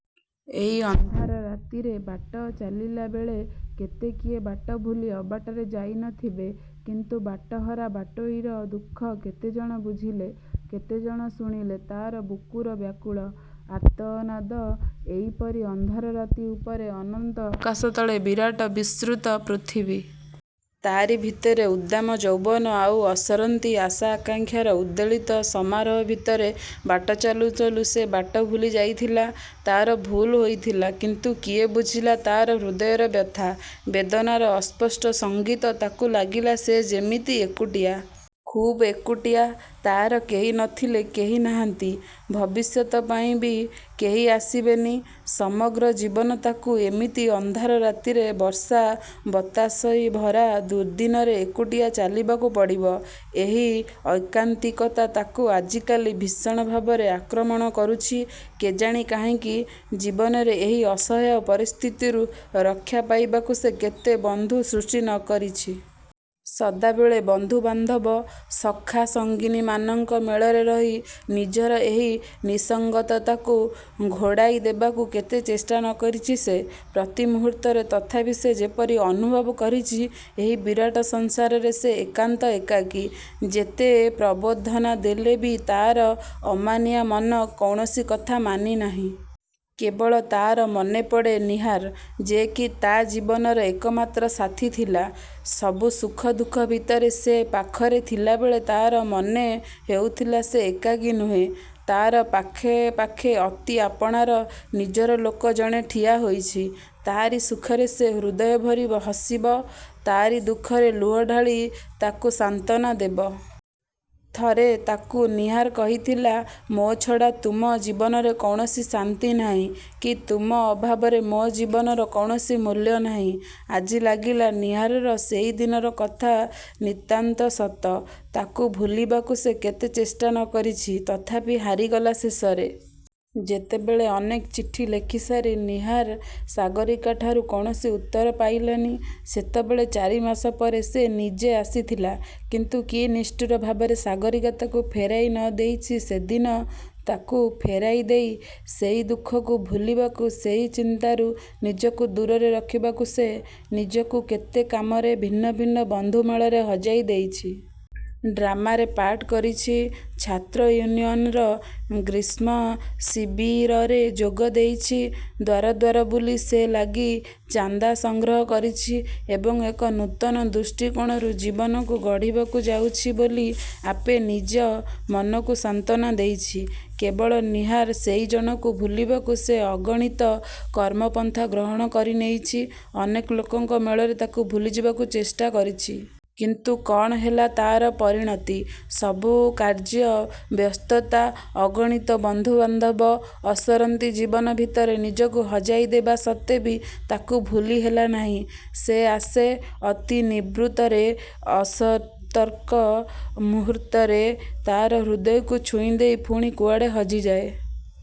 ଏଇ ଅନ୍ଧାର ରାତିରେ ବାଟ ଚାଲିଲା ବେଳେ କେତେ କିଏ ବାଟ ଭୁଲି ଅବାଟରେ ଯାଇନଥିବେ। କିନ୍ତୁ ବାଟହରା ବାଟୋଇର ଦୁଃଖ କେତେଜଣ ବୁଝିଲେ? କେତେଜଣ ଶୁଣିଲେ ତା'ର ବୁକୁର ବ୍ୟାକୁଳ। ଆର୍ତ୍ତନାଦ। ଏଇପରି ଅନ୍ଧାର ରାତି; ଉପରେ ଅନନ୍ତ ଆକାଶ ତଳେ ବିରାଟ ବିସ୍ତୃତ ପୃଥିବୀ। ତାରି ଭିତରେ ଉଦ୍ଦାମ ଯୌବନ ଆଉ ଅସରନ୍ତି ଆଶା ଆକାଂକ୍ଷାର ଉଦ୍ବେଳିତ ସମାରୋହ ଭିତରେ ବାଟ ଚାଲୁ ଚାଲୁ ସେ ବାଟ ଭୁଲି ଯାଇଥିଲା। ତା'ର ଭୁଲ୍ ହୋଇଥିଲା। କିନ୍ତୁ କିଏ ବୁଝିଲା ତା'ର ହୃଦୟର ବ୍ୟଥା-ବେଦନାର ଅସ୍ପଷ୍ଟ ସଙ୍ଗୀତ। ତାକୁ ଲାଗିଲା ସେ ଯେମିତି ଏକୁଟିଆ। ଖୁବ୍ ଏକୁଟିଆ। ତା'ର କେହି ନଥିଲେ-କେହି ନାହାନ୍ତି; ଭବିଷ୍ୟତ ପାଇଁ ବି କେହି ଆସିବେନି। ସମଗ୍ର ଜୀବନ ତାକୁ ଏମିତି ଅନ୍ଧାର ରାତିରେ, ବର୍ଷା-ବତାସିଭରା ଦୁର୍ଦ୍ଦିନରେ ଏକୁଟିଆ ଚାଲିବାକୁ ପଡ଼ିବ। ଏହି ଐକାନ୍ତିକତା ତାକୁ ଆଜିକାଲି ଭୀଷଣ ଭାବରେ ଆକ୍ରମଣ କରୁଛି; କେଜାଣି କାହିଁକି? ଜୀବନରେ ଏହି ଅସହାୟ-ପରିସ୍ଥିତିରୁ ରକ୍ଷା ପାଇବାକୁ ସେ କେତେ ବନ୍ଧୁ ସୃଷ୍ଟି ନ କରିଛି। ସଦାବେଳେ ବନ୍ଧୁବାନ୍ଧବ ସଖା ସଙ୍ଗିନୀମାନଙ୍କ ମେଳରେ ରହି ନିଜର ଏହି ନିଃସଙ୍ଗତାକୁ ଘୋଡ଼ାଇ ଦେବାକୁ କେତେ ଚେଷ୍ଟା ନ କରିଛି ସେ? ପ୍ରତି ମୁହୂର୍ତ୍ତରେ ତଥାପି ସେ ଯେପରି ଅନୁଭବ କରିଛି ଏହି ବିରାଟ ସଂସାରରେ ସେ ଏକାନ୍ତ ଏକାକୀ। ଯେତେ ପ୍ରବୋଧନା ଦେଲେ ବି ତା'ର ଅମାନିଆଁ ମନ କୌଣସି କଥା ମାନି ନାହିଁ। କେବଳ ତା'ର ମନେପଡ଼େ ନୀହାର। ଯେ କି ତା' ଜୀବନର ଏକମାତ୍ର ସାଥୀ ଥିଲା। ସବୁ ସୁଖ ଦୁଃଖ ଭିତରେ ସେ ପାଖରେ ଥିଲାବେଳେ ତା'ର ମନେ ହେଉଥିଲା ସେ ଏକାକୀ ନୁହେଁ; ତା'ର ପାଖେପାଖେ ଅତି ଆପଣାର, ନିଜର ଲୋକ ଜଣେ ଠିଆହୋଇଛି। ତାରି ସୁଖରେ ସେ ହୃଦୟଭରି ହସିବ; ତାରି ଦୁଃଖରେ ଲୁହ ଢାଳି ତାକୁ ସାନ୍ତ୍ୱନା ଦେବ। ଥରେ ତାକୁ ନୀହାର କହିଥିଲା-''ମୋ ଛଡ଼ା ତୁମ ଜୀବନରେ କୌଣସି ଶାନ୍ତି ନାହିଁ-କି ତୁମ ଅଭାବରେ ମୋ ଜୀବନର କୌଣସି ମୂଲ୍ୟ ନାହିଁ। '' ଆଜି ଲାଗିଲା ନୀହାରର ସେଦିନର କଥା ନିତାନ୍ତ ସତ। ତାକୁ ଭୁଲିବାକୁ ସେ କେତେ ଚେଷ୍ଟା ନ କରିଛି। ତଥାପି ହାରିଗଲା ଶେଷରେ। ଯେତେବେଳେ ଅନେକ ଚିଠି ଲେଖିସାରି ନୀହାର ସାଗରୀକାଠାରୁ କୌଣସି ଉତ୍ତର ପାଇଲାନି; ସେତେବଳେ ଚାରି ମାସ ପରେ ସେ ନିଜେ ଆସିଥିଲା। କିନ୍ତୁ କି ନିଷ୍ଠୁର ଭାବରେ ସାଗରୀକା ତାକୁ ଫେରାଇ ନ ଦେଇଛି ସେଦିନ। ତାକୁ ଫେରାଇ ଦେଇ, ସେଇ ଦୁଃଖକୁ ଭୁଲିବାକୁ-ସେଇ ଚିନ୍ତାରୁ ନିଜକୁ ଦୂରରେ ରଖିବାକୁ ସେ ନିଜକୁ କେତେ କାମରେ, ଭିନ୍ନ ଭିନ୍ନ ବନ୍ଧୁ ମେଳରେ ହଜାଇ ଦେଇଛି। ଡ୍ରାମାରେ ପାର୍ଟ କରିଛି; ଛାତ୍ର-ୟୁନିଅନ୍ର ଗ୍ରୀଷ୍ମ-ଶିବିରରେ ଯୋଗ ଦେଇଛି-ଦ୍ୱାର ଦ୍ୱାର ବୁଲି ସେ ଲାଗି ଚାନ୍ଦା ସଂଗ୍ରହ କରିଛି; ଏବଂ ଏକ ନୂତନ ଦୃଷ୍ଟିକୋଣରୁ ଜୀବନକୁ ଗଢ଼ିବାକୁ ଯାଉଛି ବୋଲି ଆପେ ନିଜ ମନକୁ ସାନ୍ତ୍ୱନା ଦେଇଛି। କେବଳ ନୀହାର-ସେଇ ଜଣକୁ ଭୁଲିବାକୁ ସେ ଅଗଣିତ କର୍ମପନ୍ଥା ଗ୍ରହଣ କରିନେଇଛି-ଅନେକ ଲୋକଙ୍କ ମେଳରେ ତାକୁ ଭୁଲିଯିବାକୁ ଚେଷ୍ଟା କରିଛି। କିନ୍ତୁ କ'ଣ ହେଲା ତା'ର ପରିଣତି? ସବୁ କାର୍ଯ୍ୟ ବ୍ୟସ୍ତତା, ଅଗଣିତ ବନ୍ଧୁବାନ୍ଧବ, ଅସରନ୍ତି ଜୀବନ ଭିତରେ ନିଜକୁ ହଜାଇ ଦେବା ସତ୍ତ୍ୱେ ବି ତାକୁ ଭୁଲି ହେଲାନାହିଁ। ସେ ଆସେ। ଅତି ନିଭୃତରେ, ଅସତର୍କ ମୁହୂର୍ତ୍ତରେ ତା'ର ହୃଦୟକୁ ଛୁଇଁଦେଇ ପୁଣି କୁଆଡ଼େ ହଜିଯାଏ।